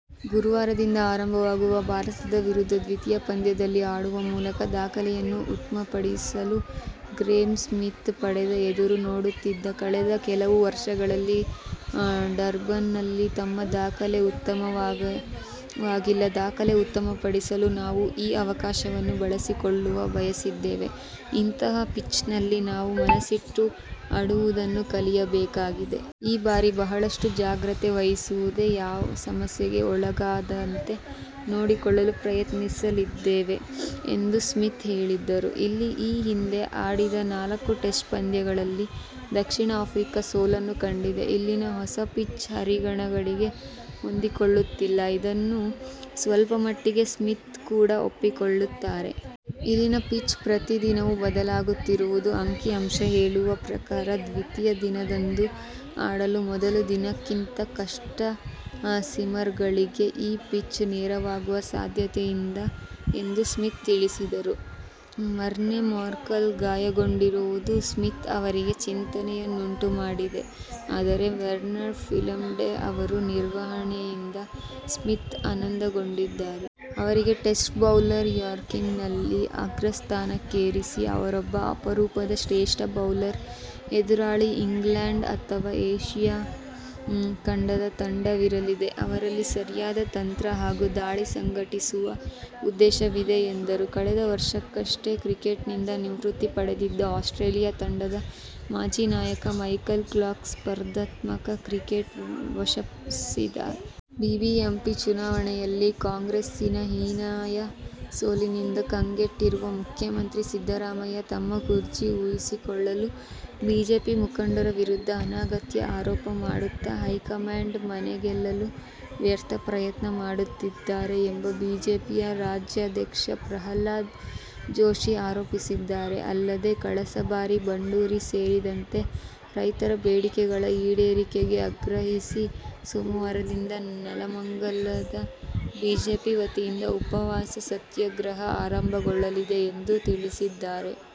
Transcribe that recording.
ಗುರುವಾರದಿಂದ ಆರಂಭವಾಗುವ ಭಾರತ ವಿರುದ್ಧದ ದ್ವಿತೀಯ ಪಂದ್ಯದಲ್ಲಿ ಆಡುವ ಮೂಲಕ ದಾಖಲೆಯನ್ನು ಉತ್ತಮಪಡಿಸಲು ಗ್ರೇಮ್ ಸ್ಮಿತ್ ಪಡೆ ಎದುರು ನೋಡುತ್ತಿದೆ. ಕಳೆದ ಕೆಲವು ವರ್ಷಗಳಲ್ಲಿ ಡರ್ಬಾನ್ನಲ್ಲಿ ನಮ್ಮ ದಾಖಲೆ ಉತ್ತಮವಾಗಿಲ್ಲ. ದಾಖಲೆ ಉತ್ತಮಪಡಿಸಲು ನಾವು ಈ ಅವಕಾಶವನ್ನು ಬಳಸಿಕೊಳ್ಳಲು ಬಯಸಿದ್ದೇವೆ. ಇಂತಹ ಪಿಚ್ನಲ್ಲಿ ನಾವು ಮನಸ್ಸಿಟ್ಟು ಆಡುವುದನ್ನು ಕಲಿಯಬೇಕಾಗಿದೆ. ಈ ಬಾರಿ ಬಹಳಷ್ಟು ಜಾಗ್ರತೆ ವಹಿಸಿ ಯಾವುದೇ ಸಮಸ್ಯೆಗೆ ಒಳಗಾಗದಂತೆ ನೋಡಿಕೊಳ್ಳಲು ಪ್ರಯತ್ನಿಸಲಿದ್ದೇವೆ ಎಂದು ಸ್ಮಿತ್ ಹೇಳಿದರು. ಇಲ್ಲಿ ಈ ಹಿಂದೆ ಆಡಿದ ನಾಲ್ಕು ಟೆಸ್ಟ್ ಪಂದ್ಯಗಳಲ್ಲಿ ದಕ್ಷಿಣ ಆಫ್ರಿಕಾ ಸೋಲನ್ನು ಕಂಡಿದೆ. ಇಲ್ಲಿನ ಹೊಸ ಪಿಚ್ ಹರಿಣಗಳಿಗೆ ಹೊಂದಿಕೊಳ್ಳುತ್ತಿಲ್ಲ. ಇದನ್ನು ಸ್ವಲ್ಪಮಟ್ಟಿಗೆ ಸ್ಮಿತ್ ಕೂಡ ಒಪ್ಪಿಕೊಳ್ಳುತ್ತಾರೆ. ಇಲ್ಲಿನ ಪಿಚ್ ಪ್ರತಿ ದಿನವೂ ಬದಲಾಗುತ್ತಿರುತ್ತದೆ. ಅಂಕಿಅಂಶ ಹೇಳುವ ಪ್ರಕಾರ ದ್ವಿತೀಯ ದಿನದಂದು ಆಡಲು ಮೊದಲ ದಿನಕ್ಕಿಂತ ಕಷ್ಟ. ಸೀಮರ್ಗಳಿಗೆ ಈ ಪಿಚ್ ನೆರವಾಗುವ ಸಾಧ್ಯತೆಯಿದೆ ಎಂದು ಸ್ಮಿತ್ ತಿಳಿಸಿದರು. ಮಾರ್ನೆ ಮಾರ್ಕೆಲ್ ಗಾಯಗೊಂಡಿರುವುದು ಸ್ಮಿತ್ ಅವರಿಗೆ ಚಿಂತೆಯನ್ನುಂಟುಮಾಡಿದೆ. ಆದರೆ ವೆರ್ನನ್ ಫಿಲಾಂಡರ್ ಅವರ ನಿರ್ವಹಣೆಯಿಂದ ಸ್ಮಿತ್ ಆನಂದಗೊಂಡಿದ್ದಾರೆ. ಅವರೀಗ ಟೆಸ್ಟ್ ಬೌಲರ್ ರ್ಯಾಂಕಿಂಗ್ನಲ್ಲಿ ಅಗ್ರಸ್ಥಾನಕ್ಕೇರಿದ್ದಾರೆ. ಅವರೊಬ್ಬ ಅಪರೂಪದ ಶ್ರೇಷ್ಠ ಬೌಲರ್. ಎದುರಾಳಿ ಇಂಗ್ಲಂಡ್ ಅಥವಾ ಏಶ್ಯ ಖಂಡದ ತಂಡವಿರಲಿ ಅವರಲ್ಲಿ ಸರಿಯಾದ ತಂತ್ರ ಹಾಗೂ ದಾಳಿ ಸಂಘಟಿಸುವ ಉದ್ದೇಶವಿದೆ ಎಂದರು. ಕಳೆದ ವರ್ಷವಷ್ಟೇ ಕ್ರಿಕೆಟ್ನಿಂದ ನಿವೃತ್ತಿ ಪಡೆದಿದ್ದ ಆಸ್ಟ್ರೇಲಿಯ ತಂಡದ ಮಾಜಿ ನಾಯಕ ಮೈಕಲ್ ಕ್ಲಾರ್ಕ್ ಸ್ಪರ್ಧಾತ್ಮಕ ಕ್ರಿಕೆಟ್ಗೆ ವಾಪಸಾಗಿದ್ದಾರೆ. ಬಿಬಿಎಂಪಿ ಚುನಾವಣೆಯಲ್ಲಿ ಕಾಂಗ್ರೆಸ್ನ ಹೀನಾಯ ಸೋಲಿನಿಂದ ಕಂಗೆಟ್ಟಿರುವ ಮುಖ್ಯಮಂತ್ರಿ ಸಿದ್ದರಾಮಯ್ಯ ತಮ್ಮ ಕುರ್ಚಿ ಉಳಿಸಿಕೊಳ್ಳಲು ಬಿಜೆಪಿ ಮುಖಂಡರ ವಿರುದ್ಧ ಅನಗತ್ಯ ಆರೋಪ ಮಾಡುತ್ತ ಹೈಕಮಾಂಡ್ ಮನಗೆಲ್ಲಲು ವ್ಯರ್ಥ ಪ್ರಯತ್ನ ಮಾಡುತ್ತಿದ್ದಾರೆ ಎಂದು ಬಿಜೆಪಿ ರಾಜ್ಯಾಧ್ಯಕ್ಷ ಪ್ರಹ್ಲಾದ ಜೋಶಿ ಆರೋಪಿಸಿದ್ದಾರೆ. ಅಲ್ಲದೆ, ಕಳಸಾ-ಬಂಡೂರಿ ಸೇರಿದಂತೆ ರೈತರ ಬೇಡಿಕೆಗಳ ಈಡೇರಿಕೆಗೆ ಆಗ್ರಹಿಸಿ ಸೋಮವಾರದಿಂದ ನವಲಗುಂದದಲ್ಲಿ ಬಿಜೆಪಿ ವತಿಯಿಂದ ಉಪವಾಸ ಸತ್ಯಾಗ್ರಹ ಆರಂಭಗೊಳ್ಳಲಿದೆ ಎಂದು ತಿಳಿಸಿದ್ದಾರೆ.